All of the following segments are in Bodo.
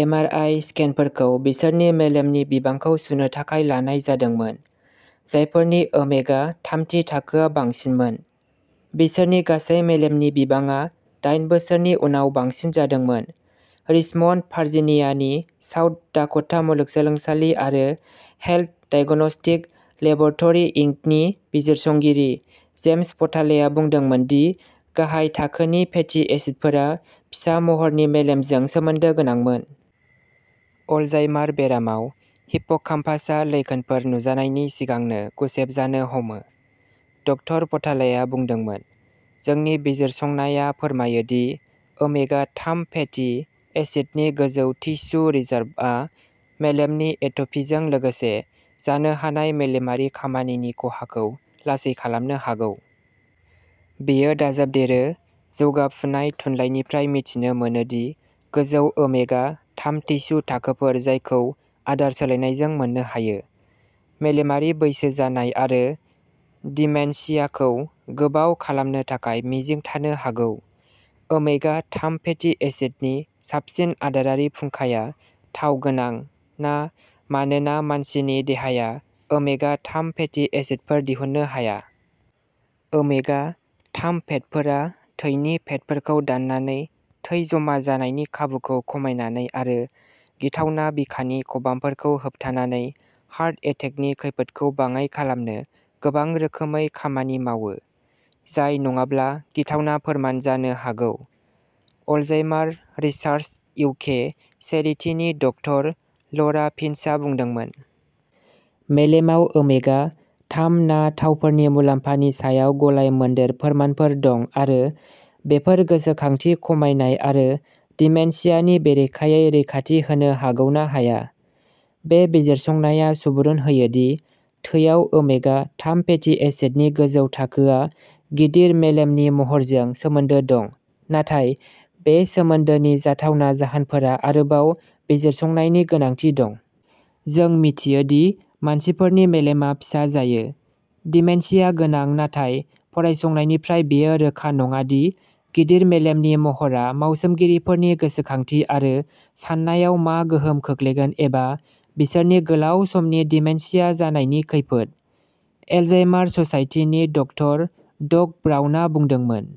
एम. आर. आइ. स्केनफोरखौ बिसोरनि मेलेमनि बिबांखौ सुनो थाखाय लानाय जादोंमोन। जायफोरनि ओमेगा-थामनि थाखोआ बांसिनमोन। बिसोरनि गासै मेलेमनि बिबांआ दाइन बोसोरनि उनाव बांसिन जादोंमोन। रिचमन्ड भारजिनियानि साउथ डाक'टा मुलुगसोलोंसालि आरो हेल्थ डायग्नोस्टिक लेब'रट'रि इनकनि बिजिरसंगिरि जेम्स पटालाया बुंदोंमोन दि गाहाय थाखोनि फेटि एसिडफोरा फिसा महरनि मेलेमजों सोमोन्दो गोनांमोन। अलजाइमार बेरामाव हिप्पोकामपासआ लैखोनफोर नुजानायनि सिगांनो गुसेब जानो हमो। डक्टर पटालाया बुंदोंमोन। जोंनि बिजिरसंनाया फोरमायो दि ओमेगा-थाम फेटि एसिडनि गोजौ टिस्यु रिजारभआ मेलेमनि एट'फिजों लोगोसे जानो हानाय मेलेमारि खामानिनि खहाखौ लासै खालामनो हागौ। बेयो दाजाबदेरो जौगाफुनाय थुनलाइनिफ्राय मिथिनो मोनो दि गोजौ ओमेगा-थाम टिस्यु थाखोफोर जायखौ आदार सोलायनायजों मोननो हायो। मेलेमारि बैसो जानाय आरो डिमेनशियाखौ गोबाव खालामनो थाखाय मिजिं थानो हागौ। ओमेगा-थाम फेटि एसिडनि साबसिन आदारारि फुंखाया थाव गोनां ना मानोना मानसिनि देहाया ओमेगा-थाम फेटि एसिडफोर दिहुननो हाया। ओमेगा-थाम फेटफोरा थैनि फेटफोरखौ दाननानै थै जमा जानायनि खाबुखौ खमायनानै आरो गिथावना बिखानि खबामफोरखौ होबथानानै हार्ट एटेकनि खैफोदखौ बाङाइ खालामनो गोबां रोखोमै खामानि मावो। जाय नङाब्ला गिथावना फोरमान जानो हागौ। अलजाइमार रिसार्च इउके चेरिटिनि डक्टर ल'रा फिप्सआ बुंदोंमोन। मेलेमाव ओमेगा-थाम ना थावफोरनि मुलाम्फानि सायाव गलाय मोनदेर फोरमानफोर दं आरो बेफोर गोसोखांथि खमायनाय आरो डिमेनशियानि बेरेखायै रैखाथि होनो हागौ ना हाया। बे बिजिरसंनाया सुबुरुन होयो दि थैयाव ओमेगा-थाम फेटि एसिडनि गोजौ थाखोआ गिदिर मेलेमनि महरजों सोमोन्दो दं नाथाय बे सोमोन्दोनि जाथावना जाहोनफोरा आरोबाव बिजिरसंनायनि गोनांथि दं। जों मिथियो दि मानसिफोरनि मेलेमआ फिसा जायो। डिमेनशिया गोनां नाथाय फरायसंनायनिफ्राय बेयो रोखा नङा दि गिदिर मेलेमनि महरा मावसोमगिरिफोरनि गोसोखांथि आरो साननायाव मा गोहोम खोख्लैगोन एबा बिसोरनि गोलाव समनि डिमेनशिया जानायनि खैफोद। एलजाइमार ससाइटिनि डक्टर डग ब्राउनआ बुंदोंमोन।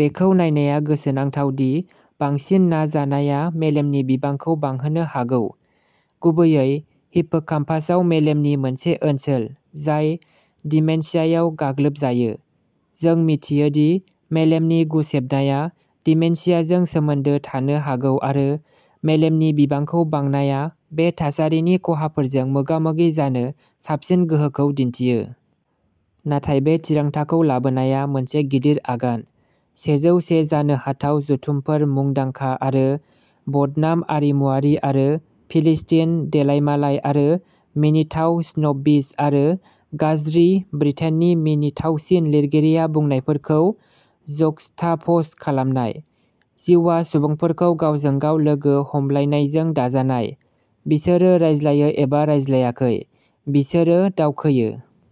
बेखौ नायनाया गोसोनांथाव दि बांसिन ना जानाया मेलेमनि बिबांखौ बांहोनो हागौ। गुबैयै हिप्पोकाम्पासआव मेलेमनि मोनसे ओनसोल जाय डिमेनशियायाव गाग्लोबजायो। जों मिथियो दि मेलेमनि गुसेबनाया डिमेनशियाजों सोमोन्दो थानो हागौ आरो मेलेमनि बिबांखौ बांनाया बे थासारिनि खहाफोरजों मोगा-मोगि जानो साबसिन गोहोखौ दिन्थियो। नाथाय बे थिरांथाखौ लाबोनाया मोनसे गिदिर आगान। सेजौ से जानो हाथाव जथुमफोर मुंदांखा आरो बदनाम आरिमुआरि आरो फिलिस्टिन देलायमालाय आरो मिनिथाव स्नबबिश आरो गाज्रि ब्रिटेननि मिनिथावसिन लिरगिरिया बुंनायफोरखौ जक्सटाप'ज खालामनाय। जिउआ सुबुंफोरखौ गावजों गाव लोगो हमलायनायजों दाजानाय। बिसोरो रायज्लायो एबा रायज्लायाखै। बिसोरो दावखोयो।